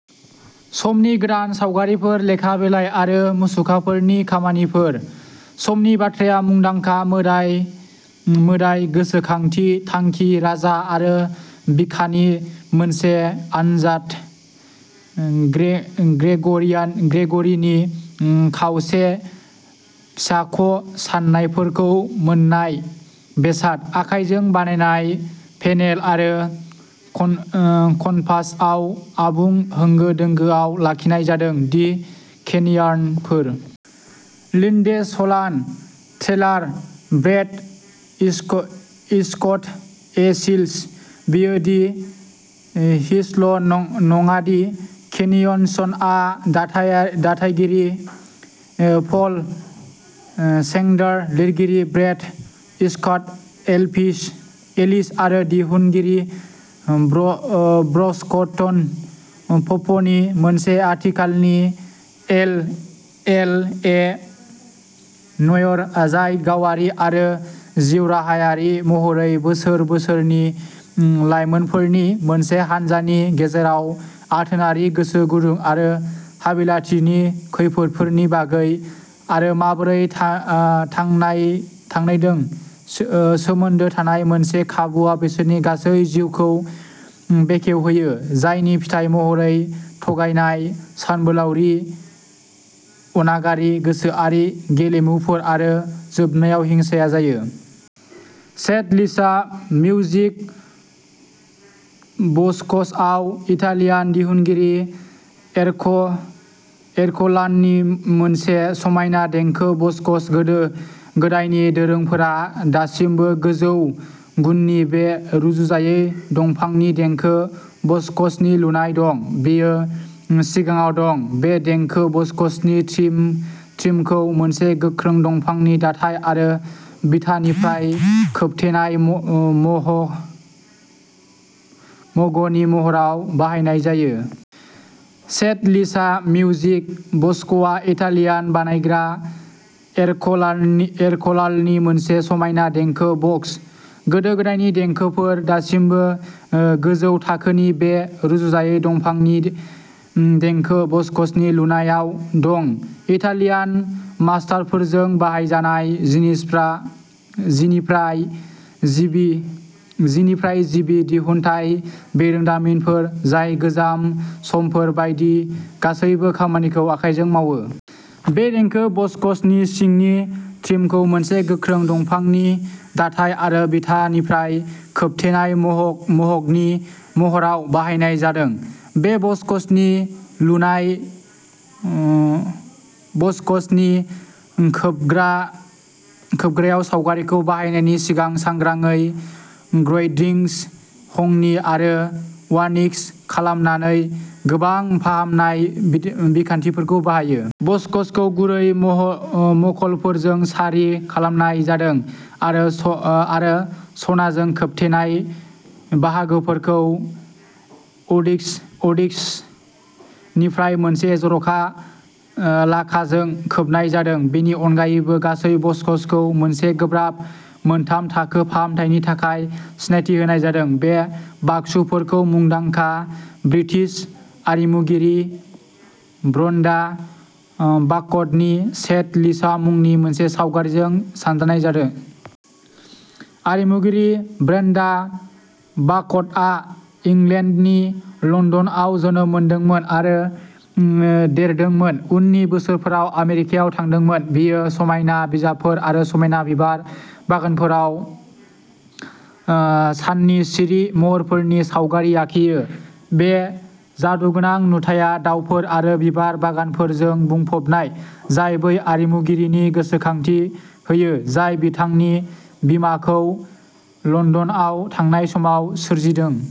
समनि-गोदान सावगारिफोर, लेखा बिलाइ आरो मुसुखाफोरनि खामानिफोर। समनि बाथ्राया मुंदांखा, मोदाय-मोदाय, गोसोखांथि, थांखि, राजा आरो बिखानि मोनसे आनजाद। ग्रे ग्रेगरियान ग्रेग'रीनि खावसे-फिसाख'साननायफोरखौ मोन्नाय बेसाद, आखाइजों बानायनाय पेनेल आरो कनभासआव आबुं होंगो-दोंगोआव आखिनाय जादों। दि केनियनफोर। लिन्डसे लहान। ट्रेलार। Brett Easton Ellis. बेयो दि हिल्स नङादि केनियन्सआ थाथागिरि पल श्रेडार, लिरगिरि ब्रेट इस्टन एलिस आरो दिहुनगिरि ब्रेक्सटन प'पनि मोनसे आथिखालनि एल. ए. न'इर, जाय गावारि आरो जिउराहायारि महरै, बोसोर बैसोनि लायमोनफोरनि मोनसे हान्जानि गेजेराव आथोनारि गोसो गुदुं आरो हाबिलाथिनि खैफोदफोरनि बागै आरो माबोरै थांनायजों सोमोन्दो थानाय मोनसे खाबुआ बिसोरनि गासै जिउखौ बेखेवहोयो, जायनि फिथाय महरै थगायनाय, सानबोलावरि, अनागारि गोसोआरि गेलेमुफोर आरो जोबनायाव हिंसाया जायो। सेड लिसा मिउजिक बकुसआ इटालियान दिहुनगिरि एरक एरकलान'नि मोनसे समायना देंखो बकुस। गोदो गोदायनि दोरोंफोरा दासिमबो गोजौ गुननि बे रुजुजायै दंफांनि देंखो बकुसनि लुनायाव दं। बियो सिङाव दं। बे देंखो बक्सनि ट्रिमखौ मोनसे गोख्रों दंफांनि दाथाय आरो बिथानिफ्राय खोबथेनाय मह'गनि महराव बानायनाय जादों। सेड लिसा मिउजिक बक्सआ इटालियान बानायग्रा एरकलान'नि मोनसे समायना देंखो बक्स। गोदो-गोदायनि दोरोंफोरा दासिमबो गोजौ थाखोनि बे रुजुजायै दंफांनि देंखो बक्सनि लुनायाव दं। इटालियान मास्टारफोरजों बाहायजानाय जिनिफ्राय जिबा दिहुनथाय बिरोंदामिनफोर जाय गोजाम सानफोर बायदि गासैबो खामानिखौ आखाइजों मावो। बे देंखो बक्सनि सिंनि ट्रिमखौ मोनसे गोख्रों दंफांनि दाथाय आरो बिथानिफ्राय खोबथेनाय मह'गनि महराव बानायनाय जादों। बे बक्सनि लुनाया बक्सनि खोबग्रायाव सावगारिखौ बाहायनायनि सिगां सांग्राङै ग्राइन्डिं, ह'निं आरो वार्निश खालामनानै गोबां फाहामनाय बिखान्थिफोरखौ बाहायो। बक्सखौ गुरै मखमलजों सारि खालामनाय जादों आरो सनाजों खोबथेनाय बाहागोफोरखौ अक्सिडेशननिफ्राय मोनसे जर'खा लाखाजों खोबनाय जादों। बेनि अनगायैबो, गासै बक्सखौ मोनसे गोब्राब मोनथाम-थाखो फाहामथायनि थाखाय सिनायथि होनाय जादों। बे बाक्सुफोरखौ मुंदांखा ब्रिटिश आरिमुगिरि ब्रेन्डा बार्कनि "सेड लिसा" मुंनि मोनसे सावगारिजों साजायनाय जादों। आरिमुगिरि ब्रेन्डा बार्कआ इंलेन्डनि लन्दनआव जोनोम मोन्दोंमोन आरो देरदोंमोन, उननि बोसोरफोराव आमेरिकायाव थांदोंमोन। बियो समायना बिबारफोर आरो समायना बिबार बागानफोराव साननि सिरि समफोरनि सावगारि आखियो। बे जादुगोनां नुथाया दाउफोर आरो बिबार बागानफोरजों बुंफबनाय, जाय बै आरिमुगिरिनि गोसोखांथि होयो, जाय बिथांनि बिमाखौ लन्दनाव थानाय समाव सोरजिदोंमोन।